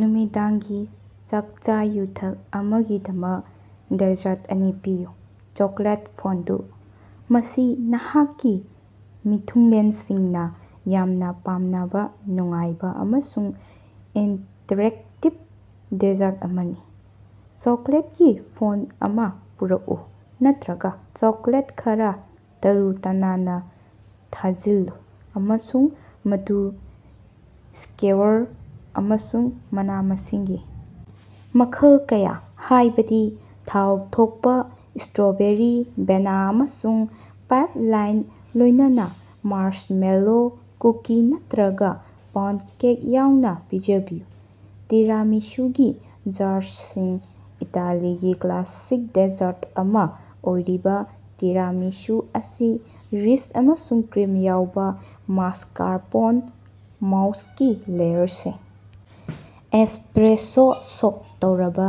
ꯅꯨꯃꯤꯗꯥꯡꯒꯤ ꯆꯥꯛꯆꯥ-ꯌꯨꯊꯛ ꯑꯃꯒꯤꯗꯃꯛ ꯗꯦꯖꯔꯠ ꯑꯅꯤ ꯄꯤꯌꯨ꯫ ꯆꯣꯀꯣꯂꯦꯠ ꯐꯣꯟꯗꯨ: ꯃꯁꯤ ꯅꯍꯥꯛꯀꯤ ꯃꯤꯊꯨꯡꯂꯦꯟꯁꯤꯡꯅ ꯌꯥꯝꯅ ꯄꯥꯝꯅꯕ ꯅꯨꯡꯉꯥꯏꯕ ꯑꯃꯁꯨꯡ ꯏꯟꯇꯔꯦꯛꯇꯤꯕ ꯗꯦꯖꯔꯠ ꯑꯃꯅꯤ꯫ ꯆꯣꯀꯣꯂꯦꯠꯀꯤ ꯐꯣꯟꯠ ꯑꯃ ꯄꯨꯔꯛꯎ ꯅꯠꯇ꯭ꯔꯒ ꯆꯣꯀꯣꯂꯦꯠ ꯈꯔꯥ ꯇꯔꯨ ꯇꯅꯥꯟꯅ ꯊꯖꯤꯜꯂꯨ ꯑꯃꯁꯨꯡ ꯃꯗꯨ ꯁ꯭ꯀꯦꯋꯔ ꯑꯃꯁꯨꯡ ꯃꯅꯥ-ꯃꯁꯤꯡꯒꯤ ꯃꯈꯜ ꯀꯌ, ꯍꯥꯏꯕꯗꯤ ꯊꯥꯎ ꯊꯣꯛꯄ ꯁ꯭ꯇꯔꯣꯕꯦꯔꯤ, ꯕꯦꯅꯥ, ꯑꯃꯁꯨꯡ ꯄꯥꯏꯞꯂꯥꯏꯟ, ꯂꯣꯏꯅꯅ ꯃꯥꯔꯁꯃꯦꯂꯣ, ꯀꯨꯀꯤ ꯅꯠꯇꯔꯒ ꯄꯥꯎꯟꯗ ꯀꯦꯛ ꯌꯥꯎꯅ ꯄꯤꯖꯕꯤꯌꯨ꯫ ꯇꯤꯔꯥꯃꯤꯁꯨꯒꯤ ꯖꯥꯔꯁꯁꯤꯡ: ꯏꯇꯥꯂꯤꯒꯤ ꯀ꯭ꯂꯥꯁꯤꯛ ꯗꯦꯖꯔꯠ ꯑꯃ ꯑꯣꯏꯔꯤꯕ ꯇꯤꯔꯥꯃꯤꯁꯨ ꯑꯁꯤ ꯔꯤꯆ ꯑꯃꯁꯨꯡ ꯀ꯭ꯔꯤꯝ ꯌꯥꯎꯕ ꯃꯁꯀꯥꯔꯄꯣꯟ ꯃꯎꯁꯀꯤ ꯂꯦꯌꯔꯁꯤꯡ, ꯑꯦꯁꯄ꯭ꯔꯦꯁꯣ ꯁꯣꯛ ꯇꯧꯔꯕ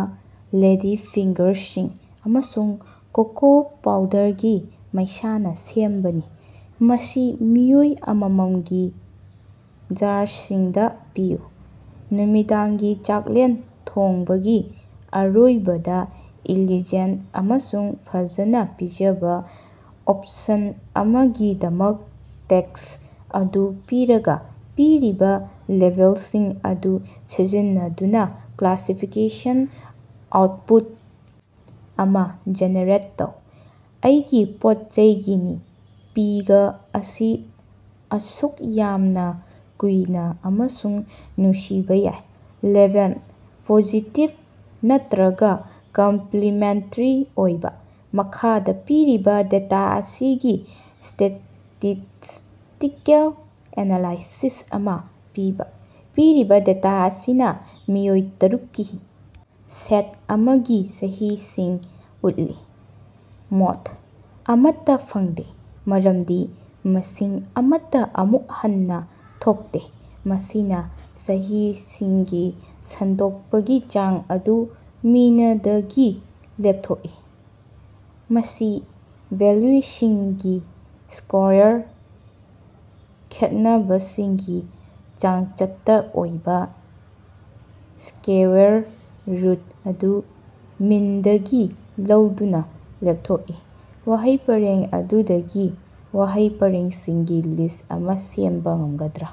ꯂꯦꯗꯤꯐꯤꯡꯒꯔꯁꯤꯡ, ꯑꯃꯁꯨꯡ ꯀꯣꯀꯣ ꯄꯥꯎꯗꯔꯒꯤ ꯃꯩꯁꯥꯅ ꯁꯦꯝꯕꯅꯤ꯫ ꯃꯁꯤ ꯃꯤꯑꯣꯏ ꯑꯃꯃꯝꯒꯤ ꯖꯥꯔꯁꯤꯡꯗ ꯄꯤꯌꯨ, ꯅꯨꯃꯤꯗꯥꯡꯒꯤ ꯆꯥꯛꯂꯦꯟ ꯊꯣꯡꯕꯒꯤ ꯑꯔꯣꯏꯕꯗ ꯏꯂꯤꯖꯦꯟꯠ ꯑꯃꯁꯨꯡ ꯐꯖꯅ ꯄꯤꯖꯕ ꯑꯣꯄꯁꯟ ꯑꯃꯒꯤꯗꯃꯛ꯫ ꯇꯦꯛꯁ ꯑꯗꯨ ꯄꯤꯔꯒ, ꯄꯤꯔꯤꯕ ꯂꯦꯕꯦꯜꯁꯤꯡ ꯑꯗꯨ ꯁꯤꯖꯤꯟꯅꯗꯨꯅ ꯀ꯭ꯂꯥꯁꯤꯐꯤꯀꯦꯁꯟ ꯑꯥꯎꯠꯄꯨꯠ ꯑꯃ ꯖꯦꯅꯦꯔꯦꯠ ꯇꯧ꯫ ꯑꯩꯒꯤ ꯄꯣꯠꯆꯩ ꯒꯤꯅꯤ ꯄꯤꯒ ꯑꯁꯤ ꯑꯁꯨꯛ ꯌꯥꯝꯅ ꯀꯨꯏꯅ ꯑꯃꯁꯨꯡ ꯅꯨꯡꯁꯤꯕ ꯌꯥꯏ꯫ ꯂꯦꯕꯦꯜ: ꯄꯣꯖꯤꯇꯤꯕ ꯅꯥꯠꯇ꯭ꯔꯒ ꯀꯝꯄ꯭ꯂꯤꯃꯦꯟꯇꯔꯤ ꯑꯣꯏꯕ꯫ ꯃꯈꯥꯗ ꯄꯤꯔꯤꯕ ꯗꯦꯇꯥ ꯑꯁꯤꯒꯤ ꯁ꯭ꯇꯦꯇꯤꯁ꯭ꯇꯤꯀꯦꯜ ꯑꯦꯅꯥꯂꯥꯏꯁꯤꯁ ꯑꯃ ꯄꯤꯕ꯫ ꯄꯤꯔꯤꯕ ꯗꯦꯇꯥ ꯑꯁꯤꯅ ꯃꯤꯑꯣꯏ ꯇꯔꯨꯛ ꯀꯤ ꯁꯦꯠ ꯑꯃꯒꯤ ꯆꯍꯤꯁꯤꯡ ꯎꯠꯂꯤ꯫ ꯃꯣꯗ: ꯑꯃꯠꯇ ꯐꯪꯗꯦ, ꯃꯔꯝꯗꯤ ꯃꯁꯤꯡ ꯑꯃꯠꯇ ꯑꯃꯨꯛ ꯍꯟꯅ ꯊꯣꯛꯇꯦ꯫ ꯃꯁꯤꯅ ꯆꯍꯤꯁꯤꯡꯒꯤ ꯁꯟꯗꯣꯛꯄꯒꯤ ꯆꯥꯡ ꯑꯗꯨ ꯃꯤꯅꯗꯒꯤ ꯂꯦꯞꯊꯣꯛꯏ꯫ ꯃꯁꯤ ꯚꯦꯂ꯭ꯌꯨꯁꯤꯡꯒꯤ ꯁ꯭ꯀꯣꯌꯔ ꯈꯦꯠꯅꯕꯁꯤꯡꯒꯤ ꯆꯥꯡꯆꯠꯇ ꯑꯣꯏꯕ ꯁ꯭ꯀꯋꯦꯔ ꯔꯨꯠ ꯑꯗꯨ ꯃꯤꯟꯗꯒꯤ ꯂꯧꯗꯨꯅ ꯂꯦꯞꯊꯣꯛꯏ꯫ ꯋꯥꯍꯩ ꯄꯔꯦꯡ ꯑꯗꯨꯗꯒꯤ ꯋꯥꯍꯩ ꯄꯔꯦꯡꯁꯤꯡꯒꯤ ꯂꯤꯁ ꯑꯃ ꯁꯦꯝꯕ ꯉꯝꯒꯗ꯭ꯔꯥ?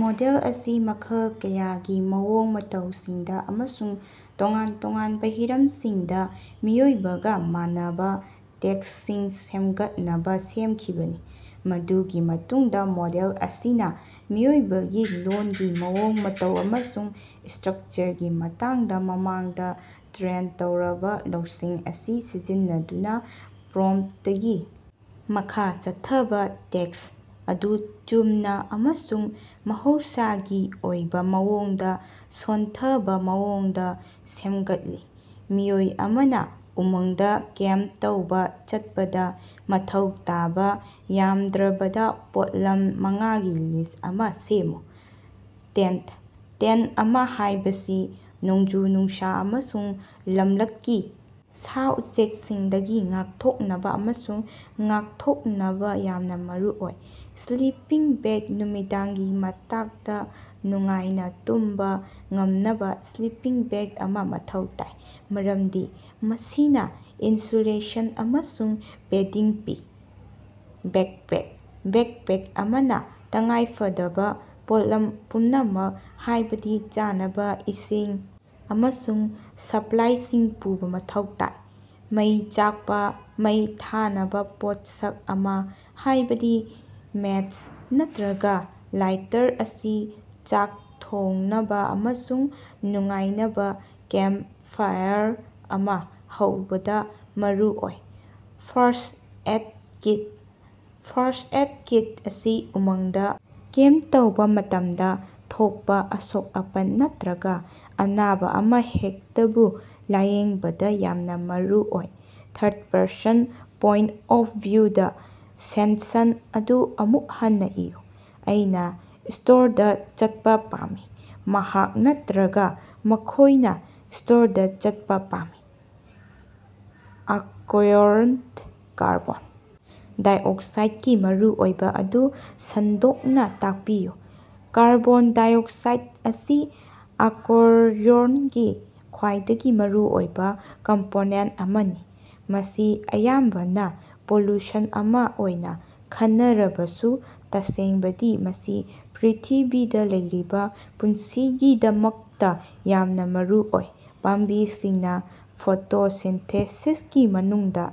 ꯃꯣꯗꯦꯜ ꯑꯁꯤ ꯃꯈꯜ ꯀꯌꯥꯒꯤ ꯃꯑꯣꯡ ꯃꯇꯧꯁꯤꯡꯗ ꯑꯃꯁꯨꯡ ꯇꯣꯉꯥꯟ ꯇꯣꯉꯥꯟꯕ ꯍꯤꯔꯝꯁꯤꯡꯗ ꯃꯤꯑꯣꯏꯕꯒ ꯃꯥꯟꯅꯕ ꯇꯦꯛꯁꯁꯤꯡ ꯁꯦꯝꯒꯠꯅꯕ ꯁꯦꯝꯈꯤꯕꯅꯤ꯫ ꯃꯗꯨꯒꯤ ꯃꯇꯨꯡꯗ ꯃꯣꯗꯦꯜ ꯑꯁꯤꯅ ꯃꯤꯑꯣꯏꯕꯒꯤ ꯂꯣꯜꯒꯤ ꯃꯑꯣꯡ ꯃꯇꯧ ꯑꯃꯁꯨꯡ ꯁ꯭ꯇꯔꯛꯆꯔꯒꯤ ꯃꯇꯥꯡꯗ ꯃꯃꯥꯡꯗ ꯇ꯭ꯔꯦꯟ ꯇꯧꯔꯕ ꯂꯧꯁꯤꯡ ꯑꯁꯤ ꯁꯤꯖꯤꯟꯅꯗꯨꯅ ꯄ꯭ꯔꯣꯝꯞꯇꯒꯤ ꯃꯈꯥ ꯆꯠꯊꯕ ꯇꯦꯛꯁ ꯑꯗꯨ ꯆꯨꯝꯅ ꯑꯃꯁꯨꯡ ꯃꯍꯧꯁꯥꯒꯤ ꯑꯣꯏꯕ ꯃꯑꯣꯡꯗ ꯁꯣꯟꯊꯕ ꯃꯑꯣꯡꯗ ꯁꯦꯝꯒꯠꯂꯤ꯫ ꯃꯤꯑꯣꯏ ꯑꯃꯅ ꯎꯃꯪꯗ ꯀꯦꯝꯞ ꯇꯧꯕ ꯆꯠꯄꯗ ꯃꯊꯧ ꯇꯥꯕ ꯌꯥꯝꯗ꯭ꯔꯕꯗ ꯄꯣꯠꯂꯝ ꯃꯉꯥꯒꯤ ꯂꯤꯁ ꯑꯃ ꯁꯦꯝꯃꯨ꯫ ꯇꯦꯟꯠ: ꯇꯦꯟꯠ ꯑꯃ ꯍꯥꯏꯕꯁꯤ ꯅꯣꯡꯖꯨ-ꯅꯨꯡꯁꯥ ꯑꯃꯁꯨꯡ ꯂꯝꯂꯛꯀꯤ ꯁꯥ-ꯎꯆꯦꯛꯁꯤꯡꯗꯒꯤ ꯉꯥꯛꯊꯣꯛꯅꯕ ꯑꯃꯁꯨꯡ ꯉꯥꯛꯊꯣꯛꯅꯕ ꯌꯥꯝꯅ ꯃꯔꯨꯑꯣꯏ꯫ ꯁ꯭ꯂꯤꯄꯤꯡ ꯕꯦꯒ: ꯅꯨꯃꯤꯗꯥꯡꯒꯤ ꯃꯇꯛꯗ ꯅꯨꯡꯉꯥꯏꯅ ꯇꯨꯝꯕ ꯉꯝꯅꯕ ꯁ꯭ꯂꯤꯄꯤꯡ ꯕꯦꯒ ꯑꯃ ꯃꯊꯧ ꯇꯥꯏ, ꯃꯔꯝꯗꯤ ꯃꯁꯤꯅ ꯏꯟꯁꯨꯂꯦꯁꯟ ꯑꯃꯁꯨꯡ ꯄꯦꯗꯤꯡ ꯄꯤ꯫ ꯕꯦꯛꯄꯦꯛ: ꯕꯦꯛꯄꯦꯛ ꯑꯃꯅ ꯇꯉꯥꯏꯐꯗꯕ ꯄꯣꯠꯂꯝ ꯄꯨꯝꯅꯃꯛ, ꯍꯥꯏꯕꯗꯤ ꯆꯥꯅꯕ, ꯏꯁꯤꯡ, ꯑꯃꯁꯨꯡ ꯁꯄ꯭ꯂꯥꯏꯁꯤꯡ ꯄꯨꯕ ꯃꯊꯧ ꯇꯥꯏ꯫ ꯃꯩ ꯆꯥꯛꯄ: ꯃꯩ ꯊꯥꯅꯕ ꯄꯣꯠꯁꯛ ꯑꯃ, ꯍꯥꯏꯕꯗꯤ ꯃꯦꯆ ꯅꯠꯇ꯭ꯔꯒ ꯂꯥꯏꯇꯔ ꯑꯁꯤ ꯆꯥꯛ ꯊꯣꯡꯅꯕ ꯑꯃꯁꯨꯡ ꯅꯨꯡꯉꯥꯏꯅꯕ ꯀꯦꯝꯞ ꯐꯥꯏꯑꯔ ꯑꯃ ꯍꯧꯕꯗ ꯃꯔꯨꯑꯣꯏ first aid kit: first aid kit ꯑꯁꯤ ꯎꯃꯪꯗ ꯀꯦꯝꯞ ꯇꯧꯕ ꯃꯇꯝꯗ ꯊꯣꯛꯄ ꯑꯁꯣꯛ-ꯑꯄꯟ ꯅꯠꯇ꯭ꯔꯒ ꯑꯅꯥꯕ ꯑꯃꯍꯦꯛꯇꯕꯨ ꯂꯥꯌꯦꯡꯕꯗ ꯌꯥꯝꯅ ꯃꯔꯨꯑꯣꯏ꯫ ꯊꯥꯔꯗ ꯄꯔꯁꯟ ꯄꯣꯏꯟꯠ ꯑꯣꯐ ꯚꯤꯎꯗ ꯁꯦꯟꯁꯟ ꯑꯗꯨ ꯑꯃꯨꯛ ꯍꯟꯅ ꯏꯌꯨ꯫ ꯑꯩꯅ ꯁ꯭ꯇꯣꯔꯗ ꯆꯠꯄ ꯄꯥꯝꯃꯤ꯫ ꯃꯍꯥꯛ ꯅꯠꯇ꯭ꯔꯒ ꯃꯈꯣꯏꯅ ꯁ꯭ꯇꯣꯔꯗ ꯆꯠꯄ ꯄꯥꯝꯃꯤ꯫ ꯑꯀꯣꯌꯔꯣꯟꯗ ꯀꯥꯔꯕꯣꯟ ꯗꯥꯏꯑꯣꯛꯁꯥꯏꯗꯀꯤ ꯃꯔꯨꯑꯣꯏꯕ ꯑꯗꯨ ꯁꯟꯗꯣꯛꯅ ꯇꯥꯛꯄꯤꯌꯨ꯫ ꯀꯥꯔꯕꯣꯟ ꯗꯥꯏꯑꯣꯛꯁꯥꯏꯗ ꯑꯁꯤ ꯑꯀꯣꯌꯔꯣꯟꯒꯤ ꯈ꯭ꯋꯥꯏꯗꯒꯤ ꯃꯔꯨꯑꯣꯏꯕ ꯀꯝꯄꯣꯅꯦꯟꯠ ꯑꯃꯅꯤ꯫ ꯃꯁꯤ ꯑꯌꯥꯝꯕꯅ ꯄꯣꯂꯨꯁꯟ ꯑꯃ ꯑꯣꯏꯅ ꯈꯟꯅꯔꯕꯁꯨ, ꯇꯁꯦꯡꯕꯗꯤ ꯃꯁꯤ ꯄ꯭ꯔꯤꯊꯤꯕꯤꯗ ꯂꯩꯔꯤꯕ ꯄꯨꯟꯁꯤꯒꯤꯗꯃꯛꯇ ꯌꯥꯝꯅ ꯃꯔꯨꯑꯣꯏ꯫ ꯄꯥꯝꯕꯤꯁꯤꯡꯅ ꯐꯣꯇꯣꯁꯤꯟꯊꯦꯁꯤꯁꯀꯤ ꯃꯅꯨꯡꯗ꯫